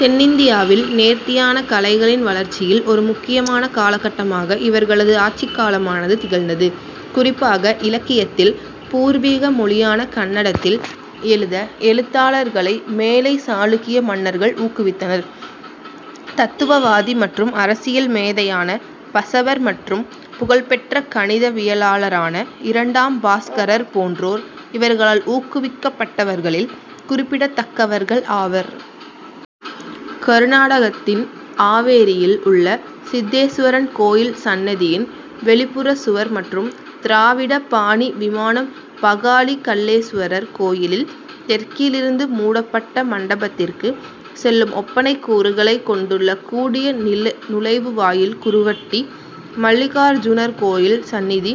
தென்னிந்தியாவில் நேர்த்தியான கலைகளின் வளர்ச்சியில் ஒரு முக்கியமான காலகட்டமாக இவர்களது ஆட்சிக் காலமானது திகழ்ந்தது. குறிப்பாக இலக்கியத்தில், பூர்வீக மொழியான கன்னடத்தில் எழுத எழுத்தாளர்களை மேலைச் சாளுக்கிய மன்னர்கள் ஊக்குவித்தனர். தத்துவவாதி மற்றும் அரசியல் மேதையான பசவர் மற்றும் புகழ்பெற்ற கணிதவியலாளரான இரண்டாம் பாஸ்கரர் போன்றோர் இவர்களால் ஊக்குவிக்கப்பட்டவர்களில் குறிப்பிடத்தக்கவர்கள் ஆவர். கருநாடகத்தின் ஆவேரியில் உள்ள சித்தேசுவரன் கோயில் சன்னிதியின் வெளிப்புற சுவர் மற்றும் "திராவிட" பாணி விமானம் பகாலி கல்லேசுவரர் கோயிலில் தெற்கிலிருந்து மூடப்பட்ட மண்டபத்திற்குச் செல்லும் ஒப்பனைக் கூறுகளைக் கொண்டுள்ள கூடிய நுழைவு வாயில் குருவட்டி மல்லிகார்ஜுனர் கோயில் சன்னிதி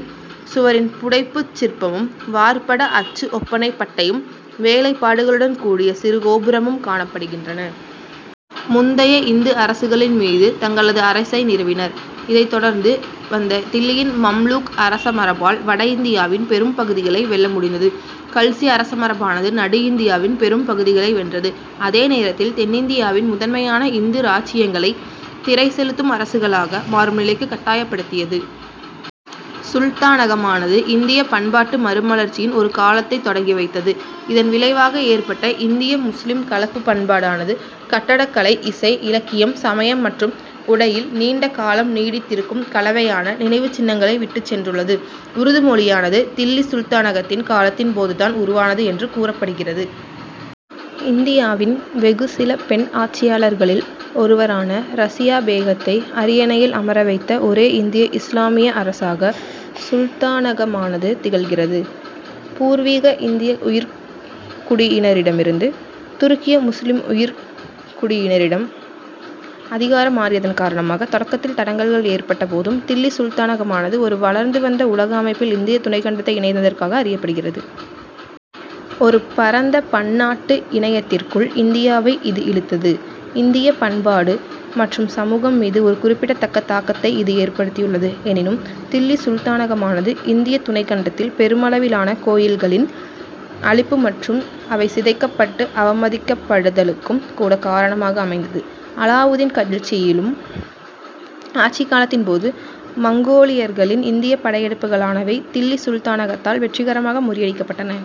சுவரின் புடைப்புச் சிற்பமும், வார்ப்பட அச்சு ஒப்பனைப் பட்டையும், வேலைப்பாடுகளுடன் கூடிய சிறு கோபுரமும் காணப்படுகின்றன. முந்தைய இந்து அரசுகளின் மீது தங்களது அரசை நிறுவினர். இதைத் தொடர்ந்து வந்த தில்லியின் மம்லூக் அரசமரபால் வட இந்தியாவின் பெரும் பகுதிகளை வெல்ல முடிந்தது. கல்சி அரசமரபானது நடு இந்தியாவின் பெரும் பகுதிகளை வென்றது. அதே நேரத்தில், தென்னிந்தியாவின் முதன்மையான இந்து இராச்சியங்களை திறை செலுத்தும் அரசுகளாக மாறும் நிலைக்குக் கட்டாயப்படுத்தியது. சுல்தானகமானது இந்தியப் பண்பாட்டு மறுமலர்ச்சியின் ஒரு காலத்தைத் தொடங்கி வைத்தது. இதன் விளைவாக ஏற்பட்ட "இந்திய-முசுலிம்" கலப்புப் பண்பாடானது கட்டடக்கலை, இசை, இலக்கியம், சமயம் மற்றும் உடையில் நீண்ட காலம் நீடித்திருக்கும் கலவையான நினைவுச் சின்னங்களை விட்டுச் சென்றுள்ளது. உருது மொழியானது தில்லி சுல்தானகத்தின் காலத்தின் போது தான் உருவானது என்று கூறப்படுகிறது. இந்தியாவின் வெகு சில பெண் ஆட்சியாளர்களில் ஒருவரான ரசியா பேகத்தை அரியணையில் அமர வைத்த ஒரே இந்திய இசுலாமிய அரசாக சுல்தானகமானது திகழ்கிறது. பூர்வீக இந்திய உயர்குடியினரிடமிருந்து துருக்கிய முசுலிம் உயர்குடியினரிடம் அதிகாரம் மாறியதன் காரணமாக தொடக்கத்தில் தடங்கல்கள் ஏற்பட்ட போதும் தில்லி சுல்தானகமானது ஒரு வளர்ந்து வந்த உலக அமைப்பில் இந்திய துணைக் கண்டத்தை இணைத்ததற்காக அறியப்படுகிறது. ஒரு பரந்த பன்னாட்டு இணையத்திற்குள் இந்தியாவை இது இழுத்தது. இந்தியப் பண்பாடு மற்றும் சமூகம் மீது ஒரு குறிப்பிடத்தக்க தாக்கத்தை இது ஏற்படுத்தியுள்ளது. எனினும், தில்லி சுல்தானகமானது இந்திய துணைக்கண்டத்தில் பெருமளவிலான கோயில்களின் அழிப்பு மற்றும் அவை சிதைக்கப்பட்டு அவமதிக்கப்படுதலுக்கும் கூட காரணமாக அமைந்தது. அலாவுதீன் கல்சியின் ஆட்சிக் காலத்தின் போது மங்கோலியர்களின் இந்தியப் படையெடுப்புகளானவை தில்லி சுல்தானகத்தால் வெற்றிகரமாக முறியடிக்கப்பட்டன.